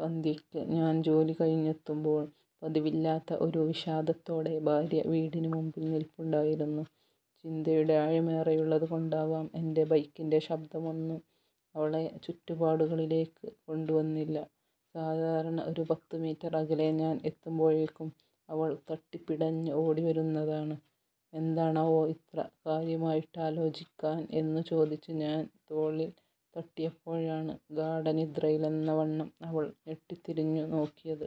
സന്ധ്യയ്ക്ക് ഞാന്‍ ജോലി കഴിഞ്ഞെത്തുമ്പോൾ പതിവില്ലാത്ത ഒരു വിഷാദത്തോടെ ഭാര്യ വീടിനുമുമ്പിൽ നില്പുണ്ടായിരുന്നു. ചിന്തയുടെ ആഴമേറെയുള്ളതുകൊണ്ടാവാം എന്‍റെ ബൈക്കിന്‍റെ ശബ്ദമൊന്നും അവളെ ചുറ്റുപ്പാടുകളിലേക്ക് കൊണ്ടുവന്നില്ല. സാധാരണ ഒരു പത്തുമീറ്റർ അകലെ ഞാന്‍ എത്തുമ്പോഴേക്കും അവള്‍ തട്ടിപ്പിടഞ്ഞ് ഓടി വരുന്നതാണ്. എന്താണാവോ ഇത്ര കാര്യമായിട്ടാലോചിക്കാൻ എന്നു ചോദിച്ച് ഞാന്‍ തോളില്‍ തട്ടിയപ്പോഴാണ് ഗാഢനിദ്രയിലെന്നവണ്ണം അവള്‍ ഞെട്ടിത്തിരിഞ്ഞു നോക്കിയത്.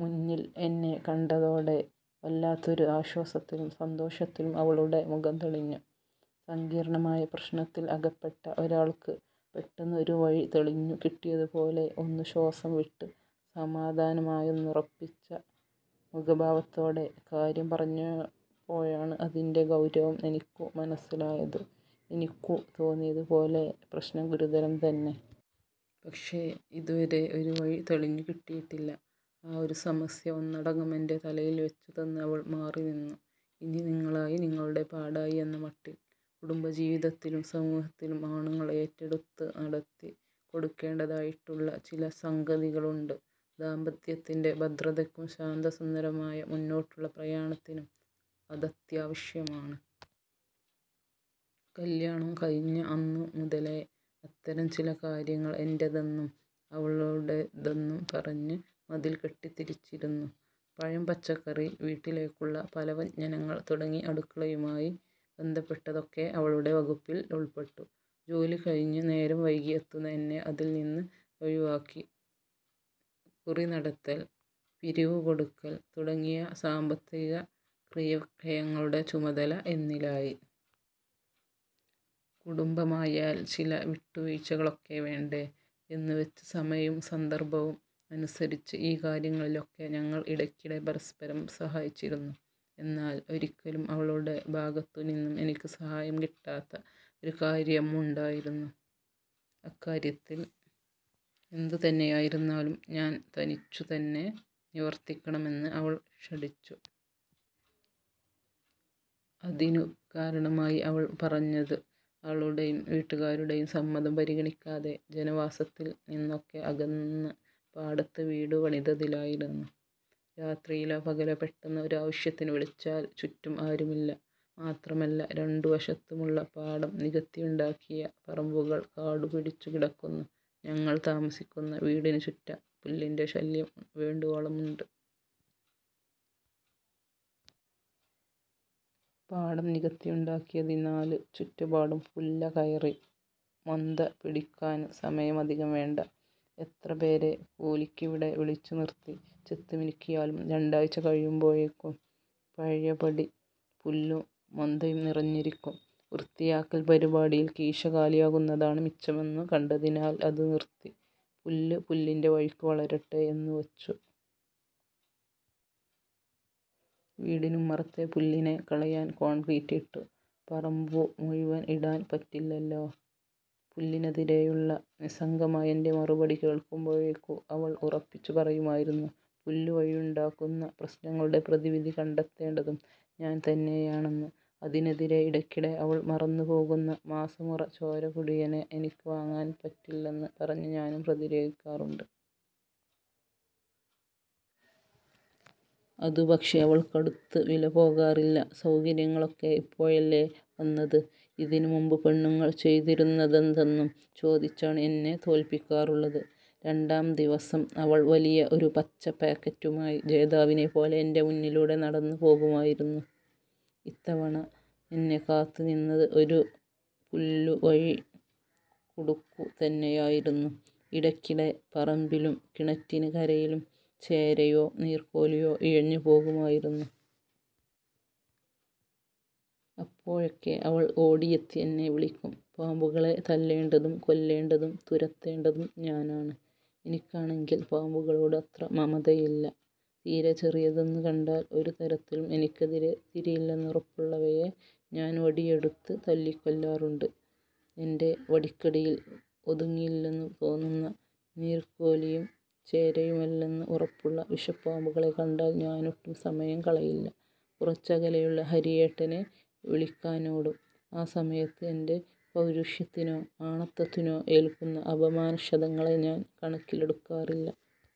മുന്നില്‍ എന്നെ കണ്ടതോടെ വല്ലാത്തൊരു ആശ്വാസത്തിലും സന്തോഷത്തിലും അവളുടെ മുഖം തെളിഞ്ഞു. സങ്കീര്‍ണ്ണമായ പ്രശ്നത്തില്‍ അകപ്പെട്ട ഒരാള്‍ക്ക് പെട്ടെന്ന് ഒരു വഴി തെളിഞ്ഞു കിട്ടിയതുപോലെ. ഒന്നു ശ്വാസം വിട്ട്, സമാധാനമായെന്നുറപ്പിച്ച മുഖഭാവത്തോടെ കാര്യം പറഞ്ഞപ്പോഴാണ് അതിന്‍റെ ഗൗരവം എനിക്കു മനസ്സിലായത്. എനിക്കു തോന്നിയതുപോലെ പ്രശ്നം ഗുരുതരം തന്നെ. പക്ഷേ ഇതുവരെ ഒരു വഴി തെളിഞ്ഞു കിട്ടിയിട്ടില്ല. ആ ഒരു സമസ്യ ഒന്നടങ്കം എന്‍റെ തലയില്‍ വെച്ചു തന്ന് അവള്‍ മാറി നിന്നു. ഇനി നിങ്ങളായി നിങ്ങളുടെ പാടായി എന്ന മട്ടില്‍. കുടുംബ ജീവിതത്തിലും സമൂഹത്തിലും ആണുങ്ങള്‍ ഏറ്റെടുത്ത് നടത്തി കൊടുക്കേണ്ടതായിട്ടുള്ള ചില സംഗതികളുണ്ട്. ദാമ്പത്യത്തിന്‍റെ ഭദ്രതയ്ക്കും ശാന്തസുന്ദരമായ മുന്നോട്ടുള്ള പ്രയാണത്തിനും അതത്യാവശ്യമാണ്. കല്ല്യാണം കഴിഞ്ഞ അന്നു മുതലെ അത്തരം ചില കാര്യങ്ങള്‍ എന്റെതെന്നും അവളുടെതെന്നും പറഞ്ഞ് മതില്‍ കെട്ടിത്തിരിച്ചിരുന്നു. പഴം, പച്ചക്കറി വീട്ടിലേക്കുള്ള പലവ്യഞ്ജനങ്ങള്‍ തുടങ്ങി അടുക്കളയുമായി ബന്ധപ്പെട്ടതൊക്കെ അവളുടെ വകുപ്പില്‍ ഉള്‍പ്പെട്ടു. ജോലികഴിഞ്ഞ് നേരം വൈകി എത്തുന്ന എന്നെ അതില്‍ നിന്ന് ഒഴിവാക്കി. കുറി നടത്തല്‍, പിരിവു കൊടുക്കല്‍ തുടങ്ങിയ സാമ്പത്തിക ക്രയവിക്രയങ്ങളുടെ ചുമതല എന്നിലായി. കുടുംബമായാല്‍ ചില വിട്ടുവീഴ്ചകളൊക്കെ വേണ്ടെ, എന്ന് വെച്ച് സമയവൂം സന്ദര്‍ഭവും അനുസരിച്ച് ഈ കാര്യങ്ങളിലൊക്കെ ഞങ്ങള്‍ ഇടയ്ക്കിടെ പരസ്പരം സഹായിച്ചിരുന്നു. എന്നാല്‍ ഒരിക്കലും അവളുടെ ഭാഗത്തു നിന്നും എനിക്ക് സഹായം കിട്ടാത്ത ഒരു കാര്യമുണ്ടായിരുന്നു. അക്കാര്യത്തില്‍ എന്തുതന്നെയായിരുന്നാലും ഞാന്‍ തനിച്ചു തന്നെ നിവര്‍ത്തിക്കണമെന്ന് അവള്‍ ശഠിച്ചു. അതിനു കാരണമായി അവള്‍ പറഞ്ഞത് അവളുടെയും വീട്ടുകാരുടെയും സമ്മതം പരിഗണിക്കാതെ ജനവാസത്തിൽ നിന്നൊക്കെ അകന്ന് പാടത്ത് വീടു പണിതതിലായിരുന്നു. രാത്രിയിലോ പകലോ പെട്ടെന്ന് ഒരാവശ്യത്തിന് വിളിച്ചാല്‍ ചുറ്റും ആരുമില്ല. മാത്രമല്ല രണ്ടു വശത്തുമുള്ള പാടം നികത്തിയുണ്ടാക്കിയ പറമ്പുകള്‍ കാടുപിടിച്ചു കിടക്കുന്നു. ഞങ്ങള്‍ താമസിക്കുന്ന വീടിനുചുറ്റം പുല്ലിന്‍റെ ശല്യം വേണ്ടുവോളമുണ്ട്. പാടം നികത്തിയുണ്ടാക്കിയതിനാല് ചുറ്റുപാടും പുല്ലകയറി മൊന്ത പിടിക്കാന് സമയമധികം വേണ്ട. എത്ര പേരെ കൂലിക്കിവിടെ വിളിച്ചു നിര്‍ത്തി ചെത്തിമിനുക്കിയാലും രണ്ടാഴ്ച കഴിയുമ്പോഴെക്കും പഴയപടി പുല്ലും മൊന്തയും നിറഞ്ഞിരിക്കും. വൃത്തിയാക്കല്‍ പരിപാടിയില്‍ കീശ കാലിയാകുന്നതാണ് മിച്ചമെന്നു കണ്ടതിനാൽ അത് നിര്‍ത്തി. പുല്ല് പുല്ലിന്‍റെ വഴിക്കു വളരട്ടെ എന്നുവെച്ചു. വീടിനുമ്മറത്തെ പുല്ലിനെ കളയാന്‍ കോണ്ക്രീറ്റ് ഇട്ടു. പറമ്പു മുഴുവന്‍ ഇടാന്‍ പറ്റില്ലല്ലോ. പുല്ലിനെതിരെയുള്ള നിസ്സംഗമായ എന്‍റെ മറുപടി കേള്‍ക്കുമ്പോഴേക്കു അവള്‍ ഉറപ്പിച്ചു പറയുമായിരുന്നു, പുല്ലുവഴിയുണ്ടാകുന്ന പ്രശ്നങ്ങളുടെ പ്രതിവിധി കണ്ടെത്തേണ്ടതും ഞാന്‍ തന്നെയാണെന്ന്. അതിനെതിരെ ഇടയ്ക്കിടെ അവള്‍ മറന്നുപോകുന്ന മാസമുറ ചോരകുടിയനെ എനിക്ക് വാങ്ങാന്‍ പറ്റില്ലെന്ന് പറഞ്ഞ് ഞാനും പ്രതിരോധിക്കാറുണ്ട്. അതു പക്ഷേ അവൾക്കടുത്ത് വിലപോകാറില്ല. സൗകര്യങ്ങളൊക്കെ ഇപ്പോഴല്ലേ വന്നത് ഇതിനുമുമ്പ് പെണ്ണുങ്ങള്‍ ചെയ്തിരുന്നതെന്തെന്നും ചോദിച്ചാണ് എന്നെ തോല്പിക്കാറുള്ളത്. രണ്ടാംദിവസം അവള്‍ വലിയ ഒരു പച്ച പാക്കറ്റുമായി ജേതാവിനെ പോലെ എന്‍റെ മുന്നിലൂടെ നടന്നു പോകുമായിരുന്നു. ഇത്തവണ എന്നെ കാത്തുനിന്നത് ഒരു പുല്ലുവഴി കുടുക്കു തന്നെയായിരുന്നു. ഇടയ്ക്കിടെ പറമ്പിലും കിണറ്റിന് കരയിലും ചേരയോ നീര്‍ക്കോലിയോ ഇഴഞ്ഞു പോകുമായിരുന്നു. അപ്പോഴൊക്കെ അവള്‍ ഓടിയെത്തി എന്നെ വിളിക്കും. പാമ്പുകളെ തല്ലേണ്ടതും കൊല്ലേണ്ടതും തുരത്തേണ്ടതും ഞാനാണ്. എനിക്കാണെങ്കിൽ പാമ്പുകളോട് അത്ര മമതയില്ല. തീരെ ചെറിയതെന്നു കണ്ടാല്‍, ഒരു തരത്തിലും എനിക്കെതിരെ തിരിയില്ലെന്നുറപ്പുള്ളവയെ ഞാന്‍ വടിയെടുത്ത് തല്ലിക്കൊല്ലാറുണ്ട്. എന്‍റെ വടിക്കടിയിൽ ഒതുങ്ങില്ലെന്നു തോന്നുന്ന, നീര്ക്കോലിയും ചേരയുമെല്ലന്ന് ഉറപ്പുള്ള വിഷപാമ്പുകളെ കണ്ടാല്‍ ഞാനൊട്ടും സമയം കളയില്ല; കുറച്ചകലെയുള്ള ഹരിയേട്ടനെ വിളിക്കാനോടും. ആ സമയത്ത് എന്‍റെ പൗരുഷത്തിനോ ആണത്തത്തിനോ ഏല്‍ക്കുന്ന അപമാനക്ഷതങ്ങളെ ഞാന്‍ കണക്കിലെടുക്കാറില്ല.